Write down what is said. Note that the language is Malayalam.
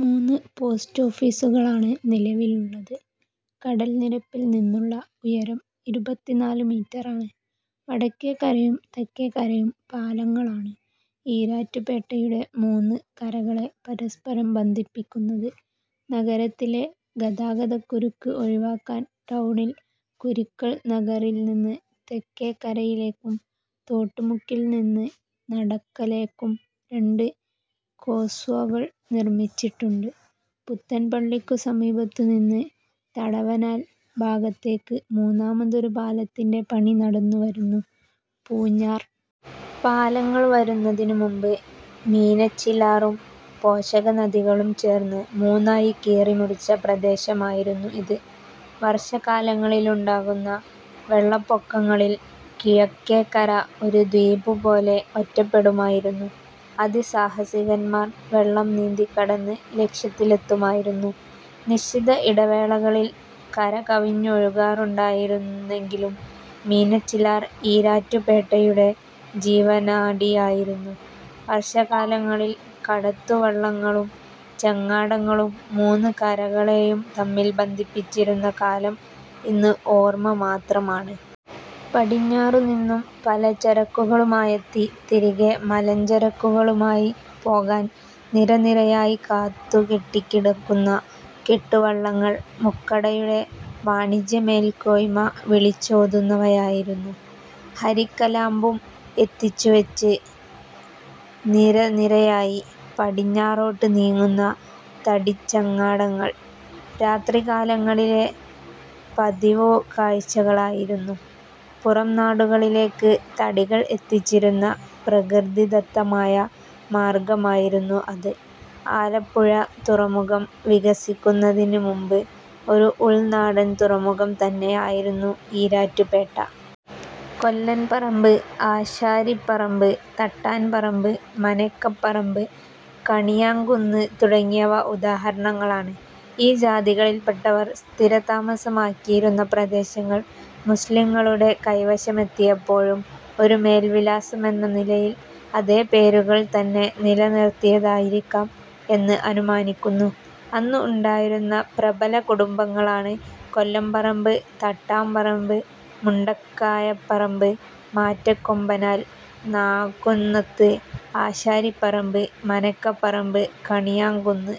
മൂന്ന് പോസ്റ്റ് ഓഫീസുകളാണ് നിലവിലുള്ളത്. കടൽനിരപ്പിൽ നിന്നുള്ള ഉയരം ഇരുപത്തിനാല് മീറ്ററാണ്. വടക്കേക്കരയും തെക്കേക്കരയും പാലങ്ങളാണ് ഈരാറ്റുപേട്ടയുടെ മൂന്ന് കരകളെ പരസ്പരം ബന്ധിപ്പിക്കുന്നത്. നഗരത്തിലെ ഗതാഗതക്കുരുക്ക് ഒഴിവാക്കാൻ ടൗണിൽ കുരിക്കൾനഗറിൽനിന്ന് തെക്കേക്കരയിലേക്കും തോട്ടുമുക്കിൽനിന്ന് നടക്കലേക്കും രണ്ട് കോസ്വേകൾ നിർമിച്ചിട്ടുണ്ട്. പുത്തൻപള്ളിക്കു സമീപത്തുനിന്ന് തടവനാൽ ഭാഗത്തേക്ക് മൂന്നാമതൊരു പാലത്തിൻ്റെ പണി നടന്നുവരുന്നു. പൂഞ്ഞാർ പാലങ്ങൾ വരുന്നതിന് മുമ്പ് മീനച്ചിലാറും പോഷകനദികളും ചേർന്ന് മൂന്നായി കീറിമുറിച്ച പ്രദേശമായിരുന്നു ഇത്. വർഷകാലങ്ങളിലുണ്ടാകുന്ന വെള്ളപ്പൊക്കങ്ങളിൽ കിഴക്കേക്കര ഒരു ദ്വീപുപോലെ ഒറ്റപ്പെടുമായിരുന്നു. അതിസാഹസികന്മാർ വെള്ളം നീന്തിക്കടന്ന് ലക്ഷ്യത്തിലെത്തുമായിരുന്നു. നിശ്ചിത ഇടവേളകളിൽ കരകവിഞ്ഞൊഴുകാറുണ്ടായിരുന്നെങ്കിലും മീനച്ചിലാർ ഈരാറ്റുപേട്ടയുടെ ജീവനാഡിയായിരുന്നു. വർഷകാലങ്ങളിൽ കടത്തുവള്ളങ്ങളും ചങ്ങാടങ്ങളും മൂന്ന് കരകളെയും തമ്മിൽ ബന്ധിപ്പിച്ചിരുന്ന കാലം ഇന്ന് ഒരോർമ മാത്രമാണ്. പടിഞ്ഞാറുനിന്നും പലചരക്കുകളുമായെത്തി തിരികെ മലഞ്ചരക്കുകളുമായി പോകാൻ നിരനിരയായി കാത്തുകെട്ടിക്കിടക്കുന്ന കെട്ടുവള്ളങ്ങൾ മുക്കടയുടെ വാണിജ്യമേൽക്കോയ്മ വിളിച്ചോതുന്നവയായിരുന്നു. ഹരിക്കലാമ്പും കത്തിച്ചുവെച്ച് നിരനിരയായി പടിഞ്ഞാറോട്ട് നീങ്ങുന്ന തടിച്ചങ്ങാടങ്ങൾ രാത്രികാലങ്ങളിലെ പതിവുകാഴ്ചകളായിരുന്നു. പുറംനാടുകളിലേക്ക് തടികൾ എത്തിച്ചിരുന്ന പ്രകൃതിദത്തമായ മാർഗമായിരുന്നു അത്. ആലപ്പുഴ തുറമുഖം വികസിക്കുന്നതിന് മുമ്പ് ഒരു ഉൾനാടൻ തുറമുഖം തന്നെയായിരുന്നു ഈരാറ്റുപേട്ട. കൊല്ലൻപറമ്പ്. ആശാരിപറമ്പ്. തട്ടാൻപറമ്പ്. മനയ്ക്കപ്പറമ്പ്. കണിയാൻകുന്ന് തുടങ്ങിയവ ഉദാഹരണങ്ങളാണ്.ഈ ജാതികളിൽപ്പെട്ടവർ സ്ഥിരതാമസമാക്കിയിരുന്ന പ്രദേശങ്ങൾ മുസ്ലിംകളുടെ കൈവശമെത്തിയപ്പോഴും ഒരു മേൽവിലാസമെന്ന നിലയിൽ അതേ പേരുകൾ തന്നെ നിലനിർത്തിയതായിരിക്കാം എന്ന് അനുമാനിക്കുന്നു. അന്ന് ഉണ്ടായിരുന്ന പ്രബല കുടുംബങ്ങളാണ് കൊല്ലംപറമ്പ്. തട്ടാംപറമ്പ്. മുണ്ടക്കായപ്പറമ്പ്. മാറ്റകൊമ്പനാൽ. നാകുന്നത്. ആശാരിപറമ്പ്. മനയ്ക്കപ്പറമ്പ്. കണിയാൻകുന്ന്.